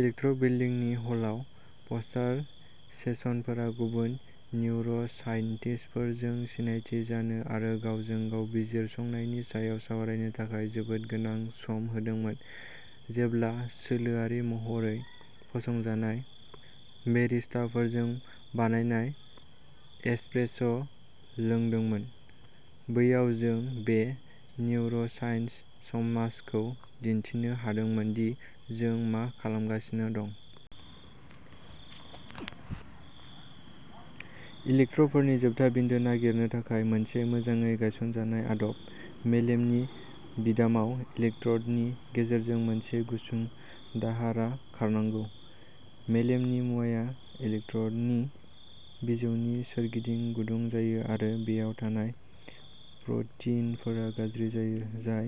इलेक्ट्र' बिल्दिंनि हलआव poster सेसनफोरा गुबुन निउर'साइन्टिस्टफोरजों सिनायथि जानो आरो गावजों-गाव बिजिरसंनायनि सायाव सावरायनो थाखाय जोबोद गोनां सम होदोंमोन, जेब्ला सोलोआरि महरै फसंजानाय बेरिस्टाफोरजों बानायनाय एस्प्रेस'लोंदोंमोन। बैयाव जों बे निउर'साइन्स समाजखौ दिन्थिनो हादोंमोन दि जों मा खालामगासिनो दंमोन। इलेक्ट्र'डफोरनि जोबथा बिन्दो नागिरनो थाखाय मोनसे मोजाङै गायसनजानाय आदब। मेलेमनि बिदामाव, इलेक्ट्र'डनि गेजेरजों मोनसे गुसुं दाहारा खारनांगौ। मेलेमनि मुवाया इलेक्ट्र'डनि बिजौनि सोरगिदिं गुदुं जायो आरो बेयाव थानाय प्र'टिनफोरा गाज्रि जायो, जाय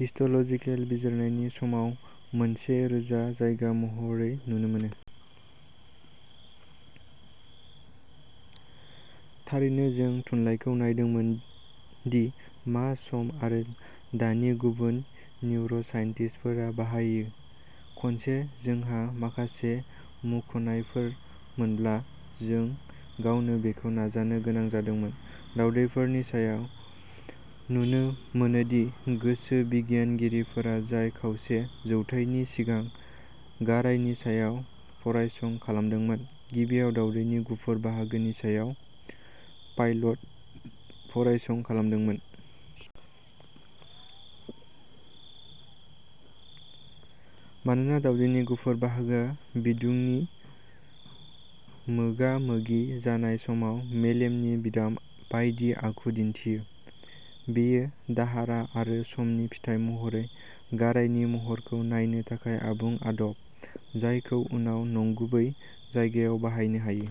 हिस्ट'ल'जिकेल बिजिरनायनि समाव मोनसे रोजा जायगा महरै नुनो मोनो। थारैनो जों थुनलाइखौ नायदोंमोन दि मा सम आरो दानि गुबुन निउर'साइन्टिस्टफोरा बाहायो। खनसे जोंहा माखासे मुंख'नायफोर मोनब्ला, जों गावनो बेखौ नाजानो गोनां जादोंमोन। दावदैफोरनि सायाव। नुनो मोनोदि गोसो बिगियानगिरिफोरा जाय खावसे जौथायनि सिगां गारायनि सायाव फरायसं खालामदोंमोन, गिबियाव दावदैनि गुफुर बाहागोनि सायाव पाइलट फरायसं खालामदोंमोन। मानोना दावदैनि गुफुर बाहागोआ बिदुंनि मोगामोगि जानाय समाव मेलेमनि बिदाम बायदि आखु दिन्थियो, बेयो दाहारा आरो समनि फिथाय महरै गारायनि महरखौ नायनो थाखाय आबुं आदब, जायखौ उनाव नंगुबै जायगायाव बाहायनो हायो।